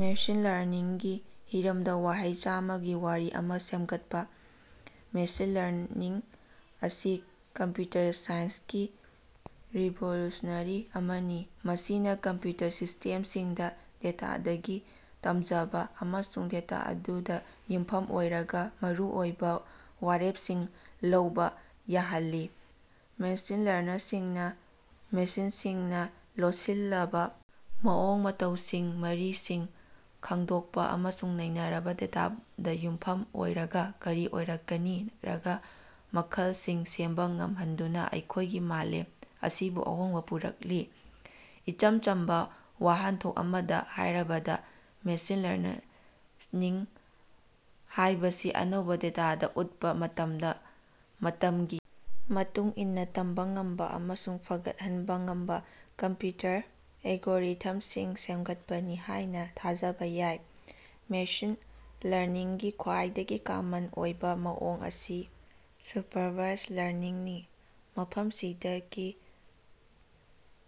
Machine ꯂꯔꯅꯤꯡꯒꯤ ꯍꯤꯔꯝꯗ ꯋꯥꯍꯩ ꯆꯝꯃꯉꯥꯒꯤ ꯋꯥꯔꯤ ꯑꯃ ꯁꯦꯝꯒꯠꯄ꯫ ꯃꯦꯁꯤꯟ ꯂꯔꯅꯤꯡ ꯑꯁꯤ ꯀꯝꯄ꯭ꯌꯨꯇꯔ ꯁꯥꯏꯟꯁꯀꯤ ꯔꯤꯚꯣꯂꯨꯁꯅꯔꯤ ꯑꯃꯅꯤ ꯃꯁꯤꯅꯥ ꯀꯝꯄ꯭ꯌꯨꯇꯔ ꯁꯤꯁꯇꯦꯝꯁꯤꯡꯗ ꯗꯦꯇꯥꯗꯒꯤ ꯇꯝꯖꯕ ꯑꯃꯁꯨꯡ ꯗꯦꯇꯥ ꯑꯗꯨꯗ ꯌꯨꯝꯐꯝ ꯑꯣꯏꯔꯒ ꯃꯔꯨꯑꯣꯏꯕ ꯋꯥꯔꯦꯞꯁꯤꯡ ꯂꯧꯕꯥ ꯌꯥꯍꯜꯂꯤ꯫ ꯃꯦꯁꯤꯟ ꯂꯔꯅꯔꯁꯤꯡꯅ ꯃꯦꯁꯤꯟꯁꯤꯡꯅ ꯂꯣꯠꯁꯤꯜꯂꯕꯥ ꯃꯑꯣꯡ ꯃꯇꯧꯁꯤꯡ ꯃꯔꯤꯁꯤꯡ ꯈꯡꯗꯣꯛꯄ ꯑꯃꯁꯨꯡ ꯅꯩꯅꯔꯕ ꯗꯦꯇꯥꯗ ꯌꯨꯝꯐꯝ ꯑꯣꯏꯔꯒ ꯀꯔꯤ ꯑꯣꯏꯔꯛꯀꯅꯤ ꯅꯠꯔꯒ ꯃꯈꯜꯁꯤꯡ ꯁꯦꯝꯕ ꯉꯝꯍꯟꯗꯨꯅ ꯑꯩꯈꯣꯢꯒꯤ ꯃꯥꯂꯦꯝ ꯑꯁꯤꯕꯨ ꯑꯍꯣꯡꯕ ꯄꯨꯔꯛꯂꯤ꯫ ꯏꯆꯝ ꯆꯝꯕ ꯋꯥꯍꯟꯊꯣꯛ ꯑꯃꯗ ꯍꯥꯢꯔꯕꯗ ꯃꯦꯁꯤꯟ ꯂꯔꯅꯔꯅꯤꯡ ꯍꯥꯢꯕꯁꯤ ꯑꯅꯧꯕ ꯗꯦꯇꯥꯗ ꯎꯠꯄ ꯃꯇꯝꯗ ꯃꯇꯝꯒꯤ ꯃꯇꯨꯡ ꯏꯟꯅ ꯇꯝꯕ ꯉꯝꯕ ꯑꯃꯁꯨꯡ ꯐꯒꯠꯍꯟꯕ ꯉꯝꯕ ꯀꯝꯄ꯭ꯌꯨꯇꯔ ꯑꯦꯂꯒꯣꯔꯤꯊꯝꯁꯤꯡ ꯁꯦꯝꯒꯠꯄꯅꯤ ꯍꯥꯢꯅ ꯊꯥꯖꯕ ꯌꯥꯏ꯫ ꯃꯦꯁꯤꯟ ꯂꯔꯅꯤꯡꯒꯤ ꯈ꯭ꯋꯥꯏꯗꯒꯤ ꯀꯃꯟ ꯑꯣꯏꯕ ꯃꯑꯣꯡ ꯑꯁꯤ ꯁꯨꯄꯔꯚꯥꯏꯖ ꯂꯔꯅꯤꯡꯅꯤ ꯃꯐꯝꯁꯤꯗꯒꯤ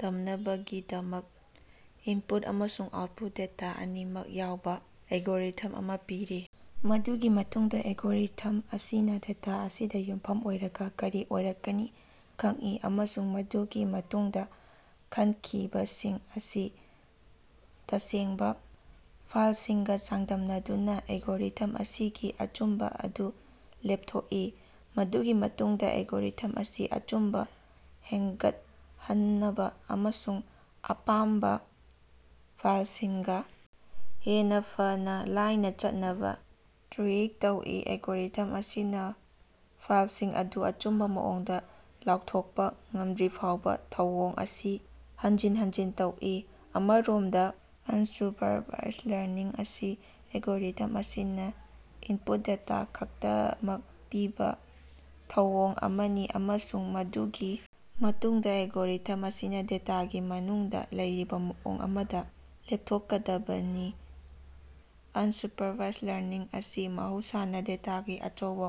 ꯇꯝꯅꯕꯒꯤꯗꯃꯛ ꯏꯅꯄꯨꯠ ꯑꯃꯁꯨꯡ ꯑꯥꯎꯠꯄꯨꯠ ꯗꯦꯇꯥ ꯑꯅꯤꯃꯛ ꯌꯥꯎꯕ ꯑꯦꯜꯒꯣꯔꯤꯊꯝ ꯑꯃ ꯄꯤꯔꯤ꯫ ꯃꯗꯨꯒꯤ ꯃꯇꯨꯡꯗ ꯑꯦꯜꯒꯣꯔꯤꯊꯝ ꯑꯁꯤꯅ ꯗꯦꯇꯥ ꯑꯁꯤꯗ ꯌꯨꯝꯐꯝ ꯑꯣꯏꯔꯒ ꯀꯔꯤ ꯑꯣꯏꯔꯛꯀꯅꯤ ꯈꯪꯏ ꯑꯃꯁꯨꯡ ꯃꯗꯨꯒꯤ ꯃꯇꯨꯡꯗ ꯈꯟꯈꯤꯕꯁꯤꯡ ꯑꯁꯤ ꯇꯁꯦꯡꯕ ꯐꯜꯁꯤꯡꯒ ꯆꯥꯡꯗꯝꯅꯗꯨꯅ ꯑꯦꯂꯒꯣꯔꯤꯊꯝ ꯑꯁꯤꯒꯤ ꯑꯆꯨꯝꯕ ꯑꯗꯨ ꯂꯦꯞꯊꯣꯛꯏ꯫ ꯃꯗꯨꯒꯤ ꯃꯇꯨꯡꯗ ꯑꯦꯜꯒꯣꯔꯤꯊꯝ ꯑꯁꯤ ꯑꯆꯨꯝꯕ ꯍꯦꯟꯒꯠꯍꯟꯅꯕ ꯑꯃꯁꯨꯡ ꯑꯄꯥꯝꯕ ꯐꯜꯁꯤꯡꯒ ꯍꯦꯟꯅ ꯐꯅ ꯂꯥꯏꯅ ꯆꯠꯅꯕ ꯇ꯭ꯌꯨꯏꯛ ꯇꯧꯏ꯫ ꯑꯦꯜꯒꯣꯔꯤꯊꯝ ꯑꯁꯤꯅꯥ ꯐꯜꯁꯤꯡ ꯑꯗꯨ ꯑꯆꯨꯝꯕ ꯃꯑꯣꯡꯗ ꯂꯥꯎꯊꯣꯛꯄ ꯉꯝꯗ꯭ꯔꯤꯐꯥꯎꯕ ꯊꯧꯑꯣꯡ ꯑꯁꯤ ꯍꯟꯖꯤꯟ ꯍꯟꯖꯤꯟ ꯇꯧꯏ꯫ ꯑꯃꯔꯣꯝꯗ ꯑꯟꯁꯨꯄꯔꯚꯥꯏꯖ ꯂꯔꯅꯤꯡ ꯑꯁꯤ ꯑꯦꯜꯒꯣꯔꯤꯊꯝ ꯑꯁꯤꯅ ꯏꯟꯄꯨꯠ ꯗꯦꯇꯥ ꯈꯛꯇꯃꯛ ꯄꯤꯕꯥ ꯊꯧꯑꯣꯡ ꯑꯃꯅꯤ ꯑꯃꯁꯨꯡ ꯃꯗꯨꯒꯤ ꯃꯇꯨꯡꯗ ꯑꯦꯜꯒꯣꯔꯤꯊꯝ ꯑꯁꯤꯅ ꯗꯦꯇꯥꯒꯤ ꯃꯅꯨꯡꯗ ꯂꯩꯔꯤꯕ ꯃꯑꯣꯡ ꯑꯃꯗ ꯂꯦꯞꯊꯣꯛꯀꯗꯕꯅꯤ꯫ ꯑꯅꯁꯨꯄꯔꯚꯥꯏꯖ ꯂꯔꯅꯤꯡ ꯑꯁꯤ ꯃꯍꯧꯁꯥꯅꯥ ꯗꯦꯇꯥꯒꯤ ꯑꯆꯧꯕꯥ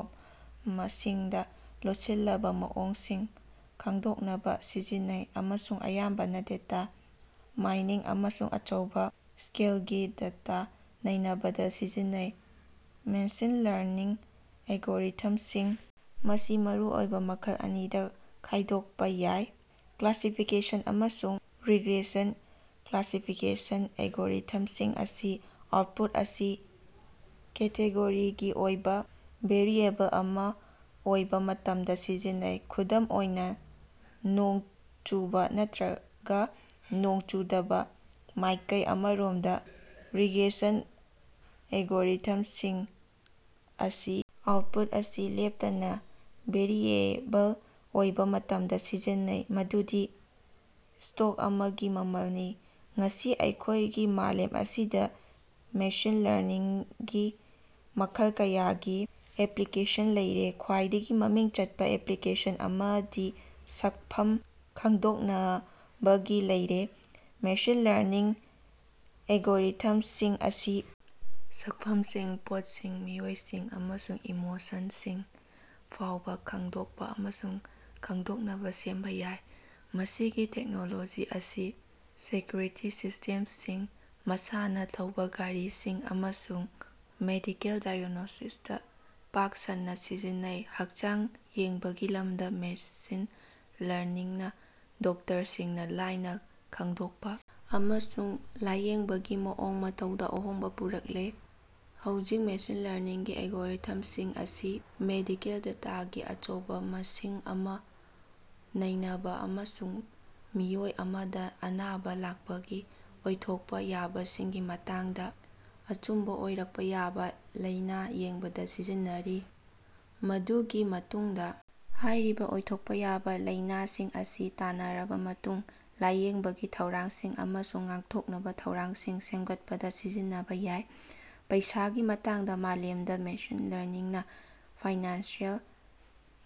ꯃꯁꯤꯡꯗ ꯂꯣꯠꯁꯤꯜꯂꯕ ꯃꯑꯣꯡꯁꯤꯡ ꯈꯡꯗꯣꯛꯅꯕꯥ ꯁꯤꯖꯤꯟꯅꯩ ꯑꯃꯁꯨꯡ ꯑꯌꯥꯝꯕꯅ ꯗꯦꯇꯥ ꯃꯥꯏꯅꯤꯡ ꯑꯃꯁꯨꯡ ꯑꯆꯧꯕꯥ ꯁ꯭ꯀꯦꯜꯒꯤ ꯗꯦꯇꯥ ꯅꯩꯅꯕꯗ ꯁꯤꯖꯤꯟꯅꯩ꯫ ꯃꯦꯁꯤꯟ ꯂꯔꯅꯤꯡ ꯑꯦꯂꯒꯣꯔꯤꯊꯝꯁꯤꯡ ꯑꯁꯤ ꯃꯔꯨꯑꯣꯏꯕ ꯃꯈꯜ ꯑꯅꯤꯗ ꯈꯥꯢꯗꯣꯛꯄ ꯌꯥꯏ ꯀ꯭ꯂꯥꯁꯤꯐꯤꯀꯦꯁꯟ ꯑꯃꯁꯨꯡ ꯔꯤꯒ꯭ꯔꯦꯁꯟ꯫ ꯀ꯭ꯂꯥꯁꯤꯐꯤꯀꯦꯁꯟ ꯑꯦꯜꯒꯣꯔꯤꯊꯝꯁꯤꯡ ꯑꯁꯤ ꯑꯥꯎꯠꯄꯨꯠ ꯑꯁꯤ ꯀꯦꯇꯦꯒꯣꯔꯤꯒꯤ ꯑꯣꯏꯕꯥ ꯚꯦꯔꯤꯑꯦꯕꯜ ꯑꯃ ꯑꯣꯏꯕ ꯃꯇꯝꯗ ꯁꯤꯖꯤꯟꯅꯩ ꯈꯨꯗꯝ ꯑꯣꯏꯅꯥ ꯅꯣꯡ ꯆꯨꯕꯥ ꯅꯠꯇ꯭ꯔꯒ ꯅꯣꯡ ꯆꯨꯗꯕꯥ꯫ ꯃꯥꯢꯀꯩ ꯑꯃꯔꯣꯝꯗ ꯔꯤꯒ꯭ꯔꯦꯁꯟ ꯑꯦꯜꯒꯣꯔꯤꯊꯝꯁꯤꯡ ꯑꯁꯤ ꯑꯥꯎꯠꯄꯨꯠ ꯑꯁꯤ ꯂꯦꯞꯇꯅ ꯚꯦꯔꯤꯑꯦꯕꯜ ꯑꯣꯏꯕ ꯃꯇꯝꯗ ꯁꯤꯖꯤꯟꯅꯩ ꯃꯗꯨꯗꯤ ꯁ꯭ꯇꯣꯛ ꯑꯃꯒꯤ ꯃꯃꯜꯅꯤ꯫ ꯉꯁꯤ ꯑꯩꯈꯣꯢꯒꯤ ꯃꯥꯂꯦꯝ ꯑꯁꯤꯗ ꯃꯦꯁꯤꯟ ꯂꯔꯅꯤꯡꯒꯤ ꯃꯈꯜ ꯀꯌꯥꯒꯤ ꯑꯦꯞꯄ꯭ꯂꯤꯀꯦꯁꯟ ꯂꯩꯔꯦ꯫ ꯈ꯭ꯋꯥꯏꯗꯒꯤ ꯃꯃꯤꯡ ꯆꯠꯄ ꯑꯦꯞꯄ꯭ꯂꯤꯀꯦꯁꯟ ꯑꯃꯗꯤ ꯁꯛꯐꯝ ꯈꯪꯗꯣꯛꯅꯕꯒꯤ ꯂꯩꯔꯦ꯫ ꯃꯦꯁꯤꯟ ꯂꯔꯅꯤꯡ ꯑꯦꯜꯒꯣꯔꯤꯊꯝꯁꯤꯡ ꯑꯁꯤ ꯁꯛꯐꯝꯁꯤꯡ ꯄꯣꯠꯁꯤꯡ ꯃꯤꯑꯣꯏꯁꯤꯡ ꯑꯃꯁꯨꯡ ꯏꯃꯣꯁꯟꯁꯤꯡ ꯐꯥꯎꯕ ꯈꯡꯗꯣꯛꯄ ꯑꯃꯁꯨꯡ ꯈꯡꯗꯣꯛꯅꯕ ꯁꯦꯝꯕ ꯌꯥꯏ꯫ ꯃꯁꯤꯒꯤ ꯇꯦꯛꯅꯣꯂꯣꯖꯤ ꯑꯁꯤ ꯁꯦꯀ꯭ꯌꯨꯔꯤꯇꯤ ꯁꯤꯁꯇꯦꯝꯁꯤꯡ ꯃꯁꯥꯅ ꯊꯧꯕꯥ ꯒꯥꯔꯤꯁꯤꯡ ꯑꯃꯁꯨꯡ ꯃꯦꯗꯤꯀꯦꯜ ꯗꯥꯏ꯭ꯒꯅꯣꯁꯤꯁꯇ ꯄꯥꯛ ꯁꯟꯅ ꯁꯤꯖꯤꯟꯅꯩ꯫ ꯍꯛꯆꯥꯡ ꯌꯦꯡꯕꯒꯤ ꯂꯝꯗ ꯃꯦꯁꯤꯟ ꯂꯔꯅꯤꯡꯅ ꯗꯣꯛꯇꯔꯁꯤꯡꯅ ꯂꯥꯢꯅ ꯈꯡꯗꯣꯛꯄ ꯑꯃꯁꯨꯡ ꯂꯥꯌꯦꯡꯕꯒꯤ ꯃꯑꯣꯡ ꯃꯇꯧꯗ ꯑꯍꯣꯡꯕ ꯄꯨꯔꯛꯂꯦ꯫ ꯍꯧꯖꯤꯛ ꯃꯦꯁꯤꯟ ꯂꯔꯅꯤꯡ ꯑꯦꯜꯒꯣꯔꯤꯊꯝꯁꯤꯡ ꯑꯁꯤ ꯃꯦꯗꯤꯀꯦꯜ ꯗꯦꯇꯥꯒꯤ ꯑꯆꯧꯕ ꯃꯁꯤꯡ ꯑꯃ ꯅꯩꯅꯕ ꯑꯃꯁꯨꯡ ꯃꯤꯑꯣꯏ ꯑꯃꯗ ꯑꯅꯥꯕ ꯂꯥꯛꯄꯒꯤ ꯑꯣꯏꯊꯣꯛꯄ ꯌꯥꯕꯁꯤꯡꯒꯤ ꯃꯇꯥꯡꯗ ꯑꯆꯨꯝꯕ ꯑꯣꯏꯔꯛꯄ ꯌꯥꯕ ꯂꯩꯅ ꯌꯦꯡꯕꯗ ꯁꯤꯖꯤꯟꯅꯔꯤ꯫ ꯃꯗꯨꯒꯤ ꯃꯇꯨꯡꯗ ꯍꯥꯢꯔꯤꯕ ꯑꯣꯏꯊꯣꯛꯄ ꯌꯥꯕ ꯂꯩꯅꯁꯤꯡ ꯑꯁꯤ ꯇꯥꯟꯅꯔꯕ ꯃꯇꯨꯡ ꯂꯥꯌꯦꯡꯕꯒꯤ ꯊꯧꯔꯥꯡꯁꯤꯡ ꯑꯃꯁꯨꯡ ꯉꯥꯛꯊꯣꯛꯅꯕ ꯊꯧꯔꯥꯡꯁꯤꯡ ꯁꯦꯝꯒꯠꯄꯗ ꯁꯤꯖꯤꯟꯅꯕꯥ ꯌꯥꯢ꯫ ꯄꯩꯁꯥꯒꯤ ꯃꯇꯥꯡꯗ ꯃꯥꯂꯦꯝꯗ ꯃꯦꯁꯤꯟ ꯂꯔꯅꯤꯡꯅ ꯐꯥꯏꯅꯥꯟꯁꯤꯑꯦꯜ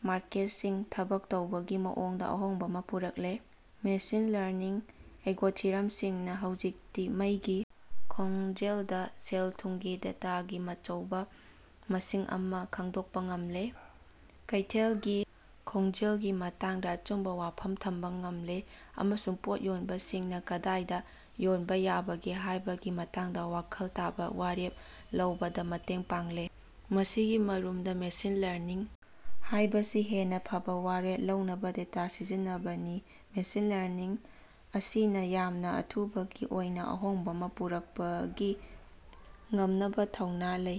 ꯃꯥꯔꯀꯦꯠꯁꯤꯡ ꯊꯕꯛ ꯇꯧꯕꯒꯤ ꯃꯑꯣꯡꯗ ꯑꯍꯣꯡꯕ ꯑꯃ ꯄꯨꯔꯛꯂꯦ꯫ ꯃꯦꯁꯤꯟ ꯂꯔꯅꯤꯡ ꯑꯦꯒꯣꯊꯤꯝꯁꯤꯡꯅ ꯍꯧꯖꯤꯛꯇꯤ ꯃꯩꯒꯤ ꯈꯣꯡꯖꯦꯜꯗ ꯁꯦꯜ-ꯊꯨꯝꯒꯤ ꯗꯦꯇꯥꯒꯤ ꯃꯆꯧꯕ ꯃꯁꯤꯡ ꯑꯃ ꯈꯪꯗꯣꯛꯄ ꯉꯝꯂꯦ ꯀꯩꯊꯦꯜꯒꯤ ꯈꯣꯡꯖꯦꯜꯒꯤ ꯃꯇꯥꯡꯗ ꯑꯆꯨꯝꯕ ꯋꯥꯐꯝ ꯊꯝꯕ ꯉꯝꯂꯦ ꯑꯃꯁꯨꯡ ꯄꯣꯠ ꯌꯣꯟꯕꯁꯤꯡꯅ ꯀꯗꯥꯏꯗ ꯌꯣꯟꯕ ꯌꯥꯕꯒꯦ ꯍꯥꯢꯕꯒꯤ ꯃꯇꯥꯡꯗ ꯋꯥꯈꯜ ꯇꯥꯕ ꯋꯥꯔꯦꯞ ꯂꯧꯕꯗ ꯃꯇꯦꯡ ꯄꯥꯡꯂꯦ꯫ ꯃꯁꯤꯒꯤ ꯃꯔꯨꯝꯗ ꯃꯦꯁꯤꯟ ꯂꯔꯅꯤꯡ ꯍꯥꯢꯕꯁꯤ ꯍꯦꯟꯅ ꯐꯕ ꯋꯥꯔꯦꯞ ꯂꯧꯅꯕ ꯗꯦꯇꯥ ꯁꯤꯖꯤꯟꯅꯕꯅꯤ꯫ ꯃꯦꯁꯤꯟ ꯂꯔꯅꯤꯡ ꯑꯁꯤꯅ ꯌꯥꯝꯅ ꯑꯊꯨꯕꯒꯤ ꯑꯣꯏꯅ ꯑꯍꯣꯡꯕ ꯑꯃ ꯄꯨꯔꯛꯄꯒꯤ ꯉꯝꯅꯕ ꯊꯧꯅ ꯂꯩ꯫